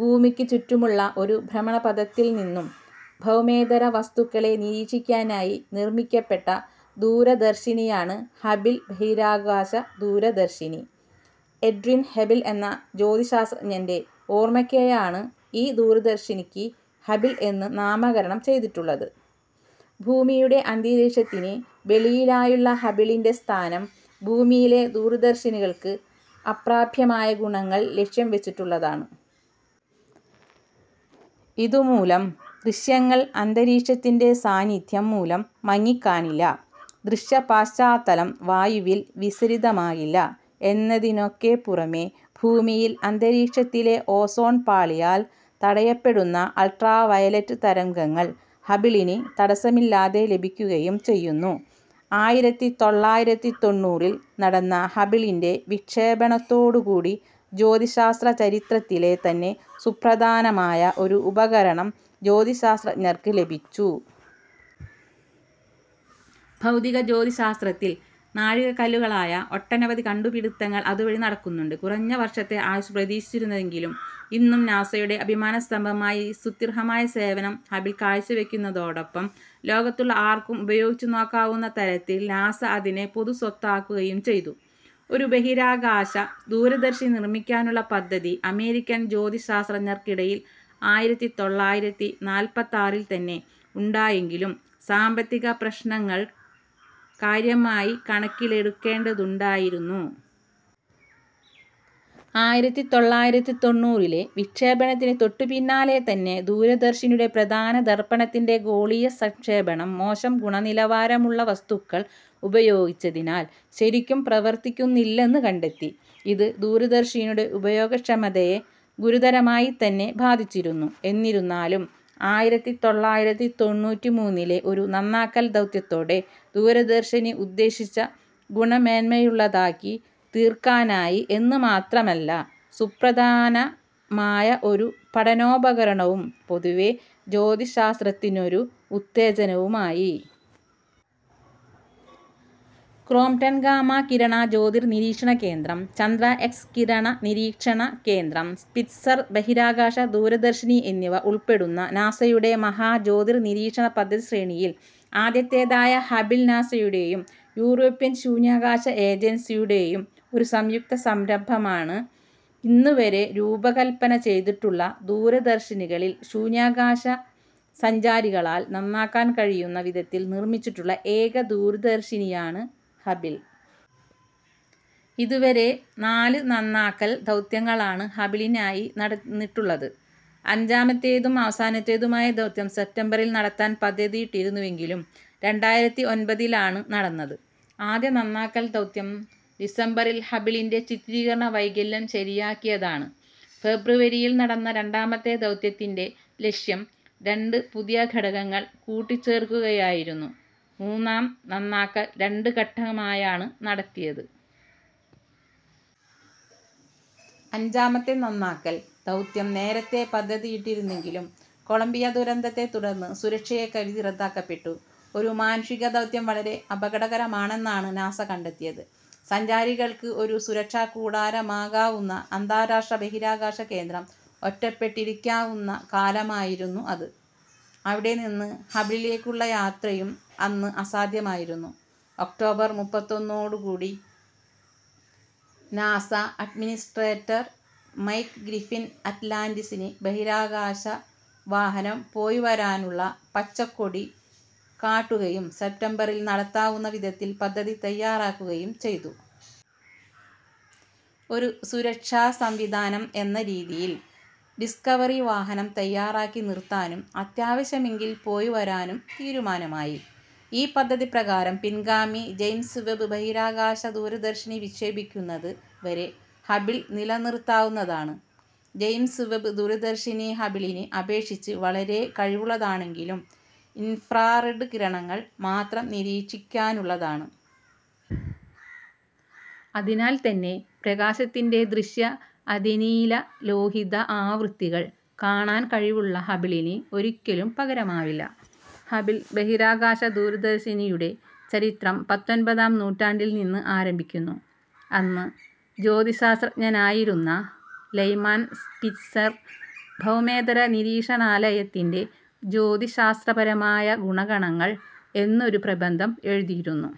ഭൂമിയ്ക്കു ചുറ്റുമുള്ള ഒരു ഭ്രമണപഥത്തിൽ നിന്നും ഭൗമേതര വസ്തുക്കളെ നിരീക്ഷിക്കാനായി നിർമ്മിക്കപ്പെട്ട ദൂരദർശിനിയാണ് ഹബിൾ ബഹിരാകാശ ദൂരദർശിനി. എഡ്വിൻ ഹബിൾ എന്ന ജ്യോതിശാസ്ത്രജ്ഞൻ്റെ ഓർമ്മക്കായാണ് ഈ ദൂരദർശിനിക്ക് ഹബിൾ എന്ന് നാമകരണം ചെയ്തിട്ടുള്ളത്. ഭൂമിയുടെ അന്തരീക്ഷത്തിന് വെളിയിലായുള്ള ഹബിളിൻ്റെ സ്ഥാനം ഭൂമിയിലെ ദൂരദർശിനികൾക്ക് അപ്രാപ്യമായ ഗുണങ്ങൾ ലക്ഷ്യം വച്ചുള്ളതാണ്. ഇതുമൂലം ദൃശ്യങ്ങൾ അന്തരീക്ഷത്തിൻ്റെ സാന്നിദ്ധ്യം മൂലം മങ്ങിക്കാണില്ല, ദൃശ്യപശ്ചാത്തലം വായുവിൽ വിസരിതമാകില്ല എന്നതിനൊക്കെപ്പുറമേ ഭൂമിയിൽ അന്തരീക്ഷത്തിലെ ഓസോൺ പാളിയാൽ തടയപ്പെടുന്ന അൾട്രാവയലറ്റ് തരംഗങ്ങൾ ഹബിളിന് തടസ്സമില്ലാതെ ലഭിക്കുകയും ചെയ്യുന്നു. ആയിരത്തി തൊള്ളായിരത്തി തൊണ്ണൂറിൽ നടന്ന ഹബിളിൻ്റെ വിക്ഷേപണത്തോടു കൂടി ജ്യോതിശാസ്ത്ര ചരിത്രത്തിലെ തന്നെ സുപ്രധാനമായ ഒരു ഉപകരണം ജ്യോതിശാസ്ത്രജ്ഞർക്ക് ലഭിച്ചു. ഭൗതിക ജ്യോതിശാസ്ത്രത്തിൽ നാഴികക്കല്ലുകളായ ഒട്ടനവധി കണ്ടുപിടിത്തങ്ങൾ അതുവഴി നടക്കുന്നുണ്ട്. കുറഞ്ഞ വർഷത്തെ ആയുസ്സ് പ്രതീക്ഷിച്ചിരുന്നതെങ്കിലും ഇന്നും നാസയുടെ അഭിമാനസ്തംഭമായി സ്തുത്യർഹമായ സേവനം ഹബിൾ കാഴ്ചവയ്ക്കുന്നതോടൊപ്പം ലോകത്തുള്ള ആർക്കും ഉപയോഗിച്ചു നോക്കാവുന്ന തരത്തിൽ നാസ അതിനെ പൊതുസ്വത്താക്കുകയും ചെയ്തു. ഒരു ബഹിരാകാശ ദൂരദർശിനി നിർമ്മിക്കാനുള്ള പദ്ധതി അമേരിക്കൻ ജ്യോതിശാസ്ത്രജ്ഞർക്കിടയിൽ ആയിരത്തി തൊള്ളായിരത്തി നാൽപ്പത്താറിൽ തന്നെ ഉണ്ടായെങ്കിലും സാമ്പത്തിക പ്രശ്നങ്ങൾ കാര്യമായി കണക്കിലെടുക്കേണ്ടതുണ്ടായിരുന്നു. ആയിരത്തി തൊള്ളായിരത്തി തൊണ്ണൂറിലെ വിക്ഷേപണത്തിന് തൊട്ടുപിന്നാലെ തന്നെ ദൂരദർശിനിയുടെ പ്രധാന ദർപ്പണത്തിൻ്റെ ഗോളീയ സംക്ഷേപണം മോശം ഗുണനിലവാരമുള്ള വസ്തുക്കൾ ഉപയോഗിച്ചതിനാൽ ശരിക്കും പ്രവർത്തിക്കുന്നില്ലെന്ന് കണ്ടെത്തി. ഇത് ദൂരദർശിനിയുടെ ഉപയോഗക്ഷമതയെ ഗുരുതരമായി തന്നെ ബാധിച്ചിരുന്നു. എന്നിരുന്നാലും ആയിരത്തി തൊള്ളായിരത്തി തൊണ്ണൂറ്റിമൂന്നിലെ ഒരു നന്നാക്കൽ ദൗത്യത്തോടെ ദൂരദർശിനി ഉദ്ദേശിച്ച ഗുണമേന്മയുള്ളതാക്കി തീർക്കാനായി എന്ന് മാത്രമല്ല സുപ്രധാനമായ ഒരു പഠനോപകരണവും പൊതുവേ ജ്യോതിശാസ്ത്രത്തിനൊരു ഉത്തേജനവുമായി. ക്രോംപ്റ്റൺ ഗാമാ കിരണ ജ്യോതിർനിരീക്ഷണ കേന്ദ്രം, ചന്ദ്രാ എക്സ്-കിരണ നിരീക്ഷണ കേന്ദ്രം, സ്പിറ്റ്സർ ബഹിരാകാശ ദൂരദർശിനി എന്നിവ ഉൾപ്പെടുന്ന നാസയുടെ മഹാ ജ്യോതിർനിരീക്ഷണ പദ്ധതി ശ്രേണിയിൽ ആദ്യത്തേതായ ഹബിൾ, നാസയുടെയും യൂറോപ്യൻ ശൂന്യാകാശ ഏജൻസിയുടെയും ഒരു സംയുക്ത സംരംഭമാണ്. ഇന്നുവരെ രൂപകല്പന ചെയ്തിട്ടുള്ള ദൂരദർശിനികളിൽ ശൂന്യാകാശ സഞ്ചാരികളാൽ നന്നാക്കാൻ കഴിയുന്ന വിധത്തിൽ നിർമ്മിച്ചിട്ടുള്ള ഏക ദൂരദർശിനിയാണ് ഹബിൾ. ഇതുവരെ നാല് നന്നാക്കൽ ദൗത്യങ്ങളാണ് ഹബിളിനായി നടന്നിട്ടുള്ളത്. അഞ്ചാമത്തേതും അവസാനത്തേതുമായ ദൗത്യം സെപ്റ്റംബറിൽ നടത്താൻ പദ്ധതിയിട്ടിരുന്നുവെങ്കിലും രണ്ടായിരത്തി ഒൻപതിലാണ് നടന്നത്. ആദ്യ നന്നാക്കൽ ദൗത്യം ഡിസംബറിൽ ഹബിളിൻ്റെ ചിത്രീകരണ വൈകല്യം ശരിയാക്കിയതാണ്. ഫെബ്രുവരിയിൽ നടന്ന രണ്ടാമത്തെ ദൗത്യത്തിൻ്റെ ലക്ഷ്യം രണ്ട് പുതിയ ഘടകങ്ങൾ കൂട്ടിച്ചേർക്കുകയായിരുന്നു. മൂന്നാം നന്നാക്കൽ രണ്ട് ഘട്ടമായാണ് നടത്തിയത്. അഞ്ചാമത്തെ നന്നാക്കൽ ദൗത്യം നേരത്തെ പദ്ധതിയിട്ടിരുന്നെങ്കിലും കൊളംബിയ ദുരന്തത്തെ തുടർന്ന് സുരക്ഷയെ കരുതി റദ്ദാക്കപ്പെട്ടു. ഒരു മാനുഷിക ദൗത്യം വളരെ അപകടകരമാണെന്നാണ് നാസ കണ്ടെത്തിയത്. സഞ്ചാരികൾക്ക് ഒരു സുരക്ഷാകൂടാരമാകാവുന്ന അന്താരാഷ്ട്ര ബഹിരാകാശ കേന്ദ്രം ഒറ്റപ്പെട്ടിരിക്കാവുന്ന കാലമായിരുന്നു അത്. അവിടെനിന്ന് ഹബിളിലേക്കുള്ള യാത്രയും അന്ന് അസാധ്യമായിരുന്നു. ഒക്ടോബർ മുപ്പത്തൊന്നോടു കൂടി NASA administrator Mike Griffin Atlantis ബഹിരാകാശ വാഹനം പോയി വരാനുള്ള പച്ചക്കൊടി കാട്ടുകയും, സെപ്റ്റംബറിൽ നടത്താവുന്ന വിധത്തിൽ പദ്ധതി തയ്യാറാക്കുകയും ചെയ്തു. ഒരു സുരക്ഷാസംവിധാനം എന്ന രീതിയിൽ ഡിസ്കവറി വാഹനം തയ്യാറാക്കി നിർത്താനും അത്യാവശ്യമെങ്കിൽ പോയി വരാനും തീരുമാനമായി. ഈ പദ്ധതിപ്രകാരം പിൻഗാമി ജെയിംസ് വെബ് ബഹിരാകാശ ദൂരദർശിനി വിക്ഷേപിക്കുന്നത് വരെ ഹബിൾ നിലനിർത്താവുന്നതാണ്. ജെയിംസ് വെബ് ദൂരദർശിനി ഹബിളിനെ അപേക്ഷിച്ച് വളരെ കഴിവുള്ളതാണെങ്കിലും ഇൻഫ്രാറെഡ് കിരണങ്ങൾ മാത്രം നിരീക്ഷിക്കാനുള്ളതാണ്. അതിനാൽ തന്നെ പ്രകാശത്തിൻ്റെ ദൃശ്യ അതിനീലലോഹിത ആവൃത്തികൾ കാണാൻ കഴിവുള്ള ഹബിളിന് ഒരിക്കലും പകരമാവില്ല. ഹബിൾ ബഹിരാകാശ ദൂരദർശിനിയുടെ ചരിത്രം പത്തൊൻപതാം നൂറ്റാണ്ടിൽ നിന്ന് ആരംഭിക്കുന്നു. അന്ന് ജ്യോതിശാസ്ത്രജ്ഞനായിരുന്ന ലൈമാൻ സ്പിറ്റ്സർ "ഭൗമേതര നിരീക്ഷണാലയത്തിൻ്റെ ജ്യോതിശാസ്ത്രപരമായ ഗുണഗണങ്ങൾ" എന്നൊരു പ്രബന്ധം എഴുതിയിരുന്നു.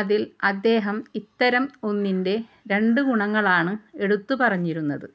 അതിൽ അദ്ദേഹം ഇത്തരം ഒന്നിൻ്റെ രണ്ട് ഗുണങ്ങളാണ് എടുത്തു പറഞ്ഞിരുന്നത്.